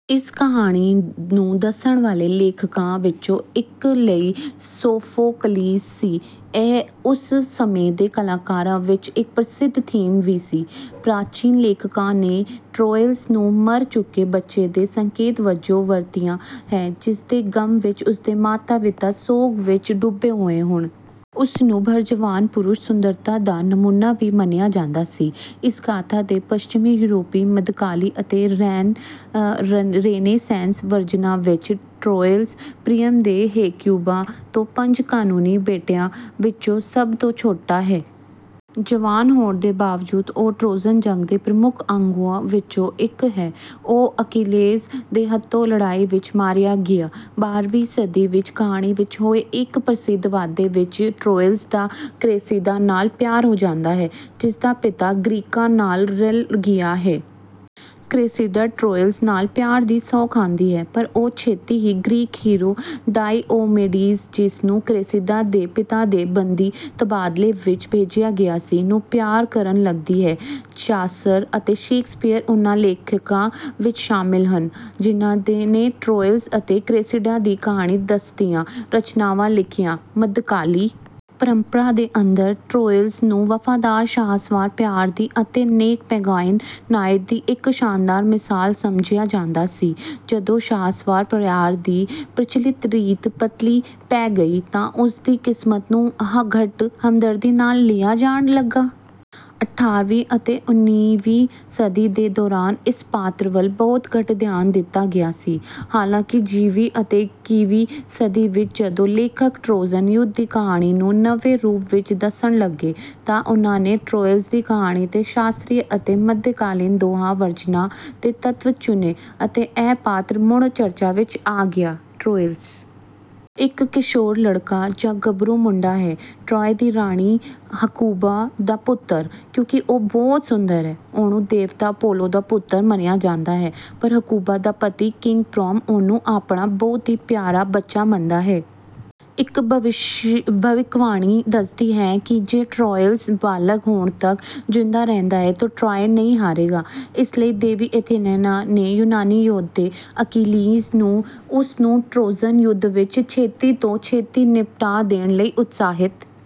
ਇਸ ਕਹਾਣੀ ਨੂੰ ਦੱਸਣ ਵਾਲੇ ਲੇਖਕਾਂ ਵਿੱਚੋਂ ਇੱਕ ਲਈ ਸੋਫ਼ੋਕਲੀਸ ਸੀ। ਇਹ ਉਸ ਸਮੇਂ ਦੇ ਕਲਾਕਾਰਾਂ ਵਿਚ ਇਕ ਪ੍ਰਸਿੱਧ ਥੀਮ ਵੀ ਸੀ। ਪ੍ਰਾਚੀਨ ਲੇਖਕਾਂ ਨੇ ਟਰੋਇਲਸ ਨੂੰ ਮਰ ਚੁੱਕੇ ਬੱਚੇ ਦੇ ਸੰਕੇਤ ਵਜੋਂ ਵਰਤਿਆ ਹੈ, ਜਿਸਦੇ ਗਮ ਵਿੱਚ ਉਸਦੇ ਮਾਤਾ-ਪਿਤਾ ਸੋਗ ਵਿਚ ਡੁੱਬੇ ਹੋਏ ਹੋਨ। ਉਸ ਨੂੰ ਭਰ ਜਵਾਨ ਪੁਰਸ਼ ਸੁੰਦਰਤਾ ਦਾ ਨਮੂਨਾ ਵੀ ਮੰਨਿਆ ਜਾਂਦਾ ਸੀ। ਇਸ ਗਾਥਾ ਦੇ ਪੱਛਮੀ ਯੂਰਪੀ ਮੱਧਕਾਲੀ ਅਤੇ ਰੇਨੇਸੈਂਸ ਵਰਜਨਾਂ ਵਿੱਚ, ਟਰੋਇਲਸ ਪਰਿਆਮ ਦੇ ਹੇਕਿਊਬਾ ਤੋਂ ਪੰਜ ਕਾਨੂੰਨੀ ਬੇਟਿਆਂ ਵਿੱਚੋਂ ਸਭ ਤੋਂ ਛੋਟਾ ਹੈ। ਜਵਾਨ ਹੋਣ ਦੇ ਬਾਵਜੂਦ ਉਹ ਟਰੋਜਨ ਜੰਗ ਦੇ ਪ੍ਰਮੁੱਖ ਆਗੂਆਂ ਵਿੱਚੋਂ ਇੱਕ ਹੈ। ਉਹ ਅਕੀਲਜ਼ ਦੇ ਹੱਥੋਂ ਲੜਾਈ ਵਿਚ ਮਾਰਿਆ ਗਿਆ। ਬਾਰ੍ਹਵੀਂ ਸਦੀ ਵਿੱਚ ਕਹਾਣੀ ਵਿੱਚ ਹੋਏ ਇੱਕ ਪ੍ਰਸਿੱਧ ਵਾਧੇ ਵਿੱਚ, ਟਰੋਇਲਸ ਦਾ ਕ੍ਰੇਸੀਦਾ ਨਾਲ ਪਿਆਰ ਹੋ ਜਾਂਦਾ ਹੈ, ਜਿਸਦਾ ਪਿਤਾ ਗ੍ਰੀਕਾਂ ਨਾਲ ਰਲ਼ ਗਿਆ ਹੈ। ਕ੍ਰੇਸਿਡਾ ਟਰੋਇਲਸ ਨਾਲ ਪਿਆਰ ਦੀ ਸਹੁੰ ਖਾਂਦੀ ਹੈ, ਪਰ ਉਹ ਛੇਤੀ ਹੀ ਗ੍ਰੀਕ ਹੀਰੋ ਡਾਇਓਮੀਡਜ਼, ਜਿਸ ਨੂੰ ਕ੍ਰੇਸਿਡਾ ਦੇ ਪਿਤਾ ਦੇ ਬੰਦੀ ਤਬਾਦਲੇ ਵਿੱਚ ਭੇਜਿਆ ਗਿਆ ਸੀ, ਨੂੰ ਪਿਆਰ ਕਰਨ ਲੱਗਦੀ ਹੈ। ਚਾਸਰ ਅਤੇ ਸ਼ੇਕਸਪੀਅਰ ਉਨ੍ਹਾਂ ਲੇਖਕਾਂ ਵਿਚ ਸ਼ਾਮਲ ਹਨ, ਜਿਨ੍ਹਾਂ ਨੇ ਟਰੋਇਲਸ ਅਤੇ ਕ੍ਰੇਸਿਡਾ ਦੀ ਕਹਾਣੀ ਦੱਸਦੀਆਂ ਰਚਨਾਵਾਂ ਲਿਖੀਆਂ। ਮੱਧਕਾਲੀ ਪਰੰਪਰਾ ਦੇ ਅੰਦਰ, ਟਰੋਇਲਸ ਨੂੰ ਵਫ਼ਾਦਾਰ ਸ਼ਾਹਸਵਾਰ ਪਿਆਰ ਦੀ ਅਤੇ ਨੇਕ-ਪੈਗਾਨ ਨਾਇਟ ਦੀ ਇੱਕ ਸ਼ਾਨਦਾਰ ਮਿਸਾਲ ਸਮਝਿਆ ਜਾਂਦਾ ਸੀ। ਜਦੋਂ ਸ਼ਾਹਸਵਾਰ ਪਿਆਰ ਦੀ ਪ੍ਰਚਲਿਤ ਰੀਤ ਪਤਲੀ ਪੈ ਗਈ ਤਾਂ ਉਸ ਦੀ ਕਿਸਮਤ ਨੂੰ ਘੱਟ ਹਮਦਰਦੀ ਨਾਲ ਲਿਆ ਜਾਣ ਲੱਗਾ। ਅਠਾਰ੍ਹਵੀਂ ਅਤੇ ਉੱਨੀਵੀਂ ਸਦੀ ਦੇ ਦੌਰਾਨ ਇਸ ਪਾਤਰ ਵੱਲ ਬਹੁਤ ਘੱਟ ਧਿਆਨ ਦਿੱਤਾ ਗਿਆ ਸੀ। ਹਾਲਾਂਕਿ, ਵੀਹਵੀਂ ਅਤੇ ਇੱਕੀਵੀਂ ਸਦੀ ਵਿੱਚ, ਜਦੋਂ ਲੇਖਕ ਟਰੋਜਨ ਯੁੱਧ ਦੀ ਕਹਾਣੀ ਨੂੰ ਨਵੇਂ ਰੂਪ ਵਿੱਚ ਦੱਸਣ ਲੱਗੇ, ਤਾਂ ਉਨ੍ਹਾਂ ਨੇ ਟਰੋਇਲਸ ਦੀ ਕਹਾਣੀ ਦੇ ਸ਼ਾਸਤਰੀ ਅਤੇ ਮੱਧਕਾਲੀ ਦੋਹਾਂ ਵਰਜਨਾਂ ਦੇ ਤੱਤ ਚੁਣੇ ਅਤੇ ਇਹ ਪਾਤਰ ਮੁੜ ਚਰਚਾ ਵਿੱਚ ਆ ਗਿਆ। ਟਰੋਇਲਸ ਇੱਕ ਕਿਸ਼ੋਰ ਲੜਕਾ ਜਾਂ ਗਭਰੂ ਮੁੰਡਾ ਹੈ, ਟਰੌਏ ਦੀ ਰਾਣੀ ਹਕਿਊਬਾ ਦਾ ਪੁੱਤਰ। ਕਿਉਂਕਿ ਉਹ ਬਹੁਤ ਸੁੰਦਰ ਹੈ, ਉਹਨੂੰ ਦੇਵਤਾ ਅਪੋਲੋ ਦਾ ਪੁੱਤਰ ਮੰਨਿਆ ਜਾਂਦਾ ਹੈ। ਪਰ, ਹਕਿਊਬਾ ਦਾ ਪਤੀ, ਕਿੰਗ ਪ੍ਰਾਮ, ਉਹਨੂੰ ਆਪਣਾ ਬਹੁਤ ਹੀ ਪਿਆਰਾ ਬੱਚਾ ਮੰਨਦਾ ਹੈ। ਇੱਕ ਭਵਿੱਖਬਾਣੀ ਦੱਸਦੀ ਹੈ ਕਿ ਜੇ ਟਰੋਇਲਸ ਬਾਲਗ ਹੋਣ ਤੱਕ ਜਿਉਂਦਾ ਰਹਿੰਦਾ ਹੈ ਤਾਂ ਟਰੌਏ ਨਹੀਂ ਹਾਰੇਗਾ। ਇਸ ਲਈ ਦੇਵੀ ਐਥੇਨਾ ਨੇ ਯੂਨਾਨੀ ਯੋਧੇ ਅਕੀਲਸ ਨੂੰ ਉਸ ਨੂੰ ਟਰੋਜਨ ਯੁੱਧ ਵਿਚ ਛੇਤੀ ਤੋਂ ਛੇਤੀ ਨਿਪਟਾ ਦੇਣ ਲਈ ਉਤਸ਼ਾਹਿਤ...